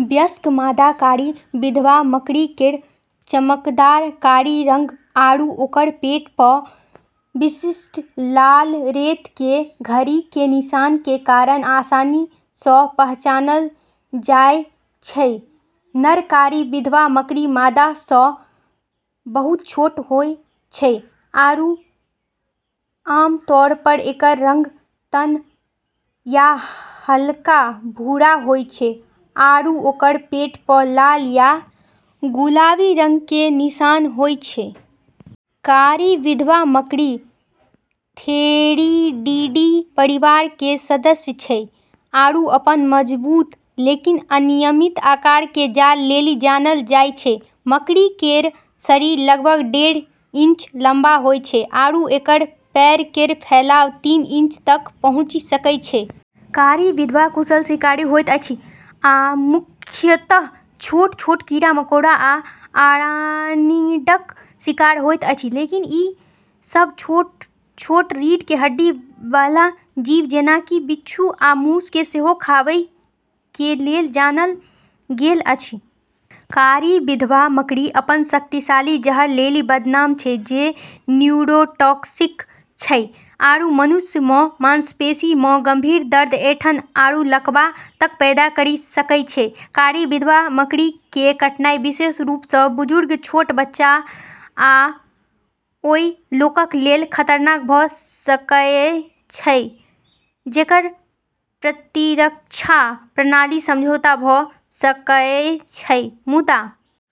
वयस्क मादा कारी विधवा मकड़ी केरऽ चमकदार कारी रंग आरू ओकरऽ पेट पऽ विशिष्ट लाल रेत के घड़ी के निशान के कारण आसानी सऽ पहचानलऽ जाय छै। नर कारी विधवा मकड़ी मादा सऽ बहुत छोटऽ होय छै आरू आम तौर पर एकरऽ रंग तन या हल्का भूरा होय छै आरू ओकरऽ पेट प॑ लाल या गुलाबी रंग के निशान होय छै। कारी विधवा मकड़ी थेरिडीडी परिवार के सदस्य छै आरू अपनऽ मजबूत, लेकिन अनियमित आकार के जाल लेली जानलऽ जाय छै। मकड़ी केरऽ शरीर लगभग डेढ़ इंच लम्बा होय छै, आरू एकरऽ पैर केरऽ फैलाव तीन इंच तक पहुँची सकै छै। कारी विधवा कुशल शिकारी होइत अछि आ मुख्यतः छोट-छोट कीड़ा-मकोड़ा आ अराक्निडक शिकार होइत अछि। लेकिन ई सब छोट-छोट रीढ़ के हड्डी वाला जीव जेना कि बिच्छू आ मूस के सेहो खाबै के लेल जानल गेल अछि। कारी विधवा मकड़ी अपनऽ शक्तिशाली जहर लेली बदनाम छै, जे न्यूरोटॉक्सिक छै, आरू मनुष्य मऽ मांसपेशी मऽ गंभीर दर्द, ऐंठन, आरू लकवा तक पैदा करी सकै छै। कारी विधवा मकड़ी के काटनाय विशेष रूप सऽ बुजुर्ग, छोट बच्चाक आ ओय लोगक लेल खतरनाक भ सकएय छै, जेकर प्रतिरक्षा प्रणाली समझौता भऽ सकएय छै ।मुदा,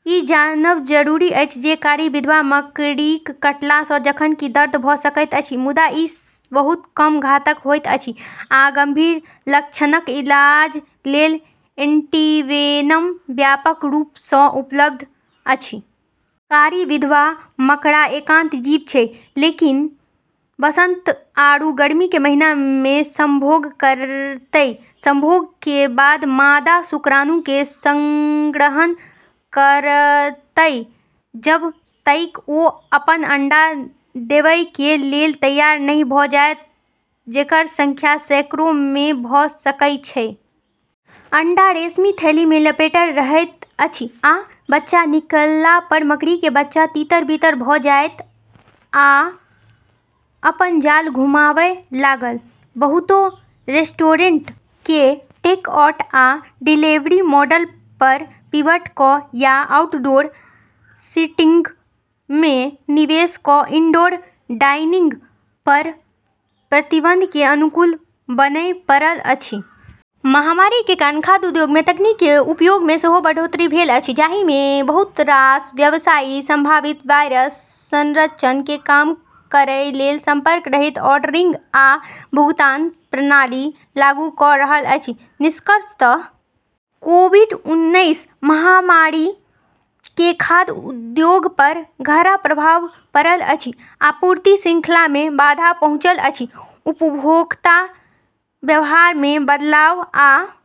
ई जानब जरूरी अछि जे कारी विधवा मकड़ीक काटला सऽ जखन कि दर्द भऽ सकैत अछि, मुदा ई बहुत कम घातक होइत अछि, आ गंभीर लक्षणक इलाज लेल एंटीवेनम व्यापक रूप सऽ उपलब्ध अछि। कारी विधवा मकड़ा एकांत जीव छै, लेकिन वसंत आरू गर्मी के महीना में संभोग करतै। संभोग के बाद मादा शुक्राणु के संग्रहण करतय, जब तइक ओ अपन अंडा देवय के लेल तैयार नहि भ जायत, जेकर संख्या सैकड़ों मे भ सकय छै। अंडा रेशमी थैली मे लपेटल रहैत अछि आ बच्चा निकलला पर मकड़ी के बच्चा तितर-बितर भ जायत आ अपन जाल घुमाबय लागत। बहुतो रेस्टोरेंट के टेकआउट आ डिलीवरी मॉडल पर पिवट क या आउटडोर सीटिंग में निवेश क इनडोर डाइनिंग पर प्रतिबंध के अनुकूल बनय पड़ल अछि। महामारी के कारण खाद्य उद्योग मे तकनीक के उपयोग मे सेहो बढ़ोतरी भेल अछि, जाहि मे बहुत रास व्यवसायी संभावित वायरस संचरण के कम करय लेल संपर्क रहित ऑर्डरिंग आ भुगतान प्रणाली लागू क रहल अछि ।निष्कर्षतः कोविड-उनैस महामारी के खाद्य उद्योग पर गहरा प्रभाव पड़ल अछि, आपूर्ति श्रृंखला में बाधा पहुंचल अछि, उपभोक्ता व्यवहार में बदलाव, आ ।